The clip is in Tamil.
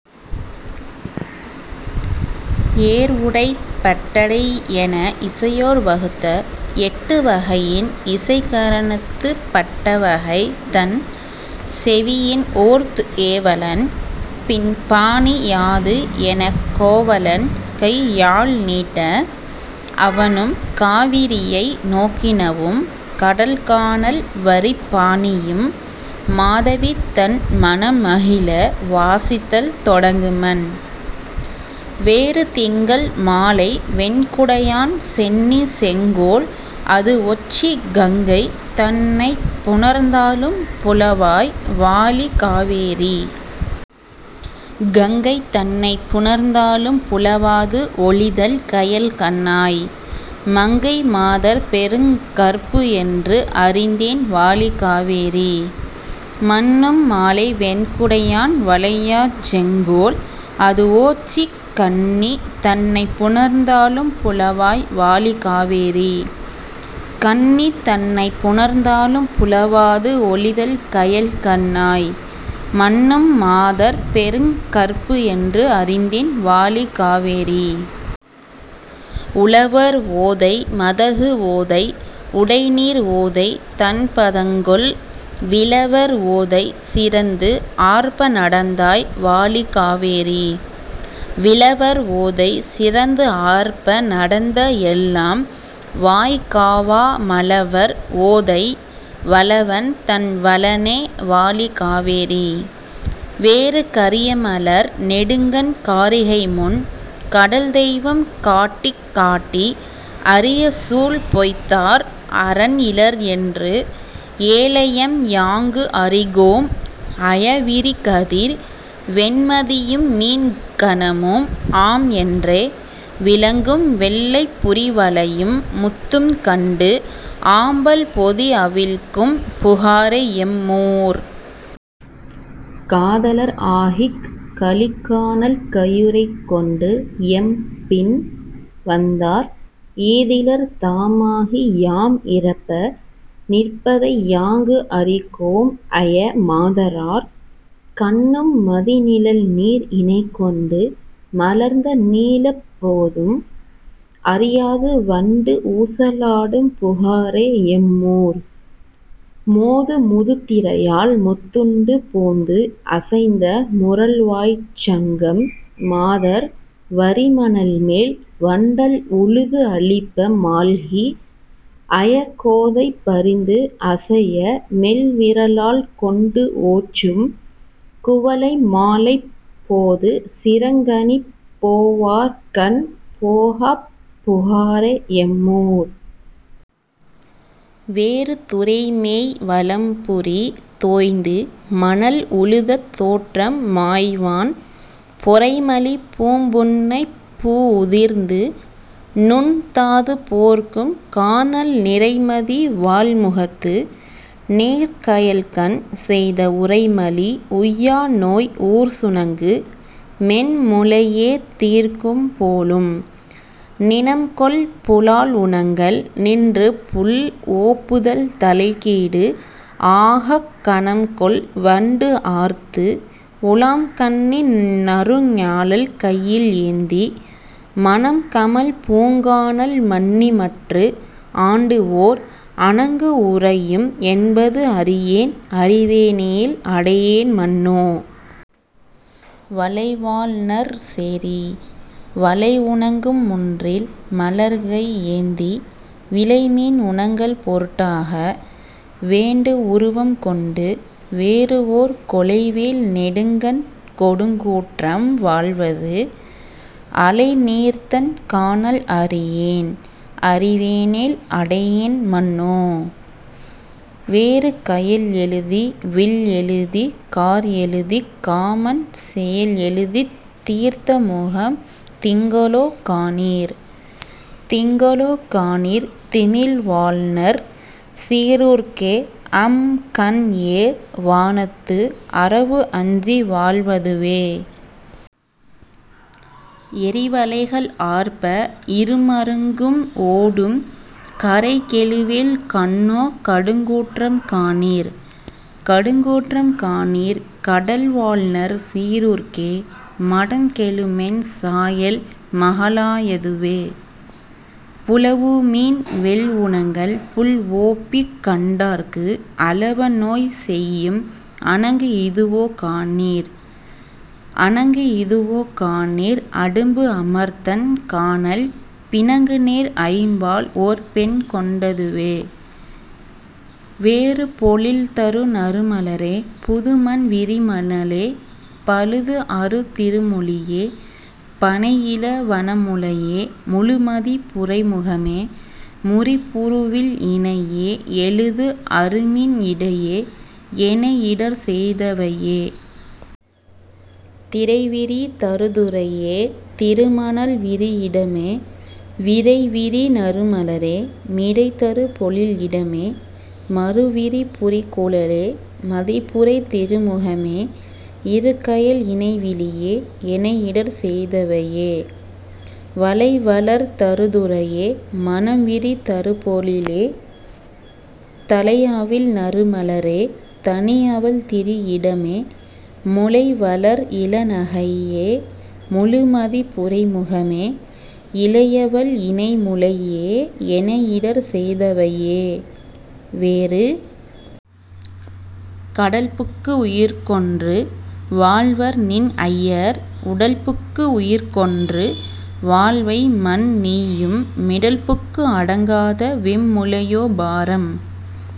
ஏர்உடைப் பட்டடைஎன இசையோர் வகுத்த எட்டு வகையின் இசைக்கர ணத்துப் பட்டவகைதன் செவியின்ஓர்த் ஏவலன், பின் பாணி யாதுஎனக் கோவலன் கையாழ் நீட்ட, அவனும் காவிரியை நோக்கினவும் கடல்கானல் வரிப்பாணியும் மாதவிதன் மனம்மகிழ வாசித்தல் தொடங்குமன். வேறு திங்கள் மாலை வெண்குடையான் சென்னி செங்கோல் அதுஒச்சிக் கங்கை தன்னைப் புணர்ந்தாலும் புலவாய் வாழி காவேரி. கங்கை தன்னைப் புணர்ந்தாலும் புலவாது ஒழிதல் கயல்கண்ணாய். மங்கை மாதர் பெருங்கற்புஎன்று அறிந்தேன் வாழி காவேரி. மன்னும் மாலை வெண்குடையான் வளையாச் செங்கோல் அதுஓச்சிக் கன்னி தன்னைப் புணர்ந்தாலும் புலவாய் வாழி காவேரி. கன்னி தன்னைப் புணர்ந்தாலும் புலவாது ஒழிதல் கயல்கண்ணாய். மன்னும் மாதர் பெருங்கற்புஎன்று அறிந்தேன் வாழி காவேரி. உழவர் ஓதை மதகுஓதை உடைநீர் ஓதை தண்பதங்கொள் விழவர் ஓதை சிறந்துஆர்ப்ப நடந்தாய் வாழி காவேரி. விழவர் ஓதை சிறந்துஆர்ப்ப நடந்த எல்லாம் வாய்காவா மழவர் ஓதை வளவன்தன் வளனே வாழி காவேரி. வேறு கரியமலர் நெடுங்கண் காரிகைமுன் கடல்தெய்வம் காட்டிக் காட்டி அரியசூள் பொய்த்தார் அறன்இலர்என்று ஏழையம்யாங்கு அறிகோம் ஐய விரிகதிர் வெண்மதியும் மீன்கணமும் ஆம்என்றே விளங்கும் வெள்ளைப் புரிவளையும் முத்தும்கண்டு ஆம்பல் பொதிஅவிழ்க்கும் புகாரே எம்மூர். காதலர் ஆகிக் கழிக்கானல் கையுறைகொண்டு எம்பின் வந்தார் ஏதிலர் தாமாகி யாம்இரப்ப நிற்பதையாங்கு அறிகோம் ஐய மாதரார் கண்ணும் மதிநிழல்நீர் இணைகொண்டு மலர்ந்த நீலப் போதும் அறியாது வண்டுஊச லாடும் புகாரே எம்மூர். மோது முதுதிரையால் மொத்துண்டு போந்துஅசைந்த முரல்வாய்ச் சங்கம் மாதர் வரிமணல்மேல் வண்டல் உழுதுஅழிப்ப மாழ்கி ஐய கோதை பரிந்துஅசைய மெல்விரலால் கொண்டுஓச்சும் குவளை மாலைப் போது சிறங்கணிப்பப் போவார்கண் போகாப் புகாரே எம்மூர். வேறு துறைமேய் வலம்புரி தோய்ந்து மணல்உழுத தோற்றம் மாய்வான் பொறைமலி பூம்புன்னைப் பூஉதிர்ந்து நுண்தாது போர்க்கும் கானல் நிறைமதி வாள்முகத்து நேர்க்கயல்கண் செய்த உறைமலி உய்யாநோய் ஊர்சுணங்கு மென்முலையே தீர்க்கும் போலும். நிணம்கொள் புலால்உணங்கல் நின்றுபுள் ஓப்புதல் தலைக்கீடு ஆகக் கணம்கொள் வண்டுஆர்த்து உலாம்கன்னி நறுஞாழல் கையில் ஏந்தி மணம்கமழ் பூங்கானல் மன்னிமற்று ஆண்டுஓர் அணங்குஉறையும் என்பது அறியேன் அறிவேனேல் அடையேன் மன்னோ. வலைவாழ்நர் சேரி வலைஉணங்கும் முன்றில் மலர்கை ஏந்தி விலைமீன் உணங்கல் பொருட்டாக வேண்டுஉருவம் கொண்டு வேறுஓர் கொலைவேல் நெடுங்கண் கொடுங்கூற்றம் வாழ்வது அலைநீர்த்தண் கானல் அறியேன் அறிவேனேல் அடையேன் மன்னோ. வேறு கயல்எழுதி வில்எழுதிக் கார்எழுதிக் காமன் செயல்எழுதித் தீர்ந்தமுகம் திங்களோ காணீர். திங்களோ காணீர் திமில்வாழ்நர் சீறூர்க்கே அம்கண்ஏர் வானத்து அரவுஅஞ்சி வாழ்வதுவே. எறிவளைகள் ஆர்ப்ப இருமருங்கும் ஓடும் கறைகெழுவேல் கண்ணோ கடுங்கூற்றம் காணீர். கடுங்கூற்றம் காணீர் கடல்வாழ்நர் சீறூர்க்கே மடம்கெழுமென் சாயல் மகளா யதுவே. புலவுமீன் வெள்உணங்கல் புள்ஓப்பிக் கண்டார்க்கு அலவநோய் செய்யும் அணங்குஇதுவோ காணீர். அணங்குஇதுவோ காணீர் அடும்புஅமர்த்தண் கானல் பிணங்குநேர் ஐம்பால்ஓர் பெண்கொண் டதுவே. வேறு பொழில்தரு நறுமலரே புதுமணம் விரிமணலே பழுதுஅறு திருமொழியே பணைஇள வனமுலையே முழுமதி புரைமுகமே முரிபுரு வில்இணையே எழுதுஅரு மின்இடையே எனைஇடர் செய்தவையே. திரைவிரி தருதுறையே திருமணல் விரிஇடமே விரைவிரி நறுமலரே மிடைதரு பொழில்இடமே மருவிரி புரிகுழலே மதிபுரை திருமுகமே இருகயல் இணைவிழியே எனைஇடர் செய்தவையே. வளைவளர் தருதுறையே மணம்விரி தருபொழிலே தளைஅவிழ் நறுமலரே தனிஅவள் திரிஇடமே முளைவளர் இளநகையே முழுமதி புரைமுகமே இளையவள் இணைமுலையே எனைஇடர் செய்தவையே. வேறு கடல்புக்கு உயிர்க்கொன்று வாழ்வர்நின் ஐயர் உடல்புக்கு உயிர்க்கொன்று வாழ்வைமன் நீயும் மிடல்புக்கு அடங்காத வெம்முலையோ பாரம்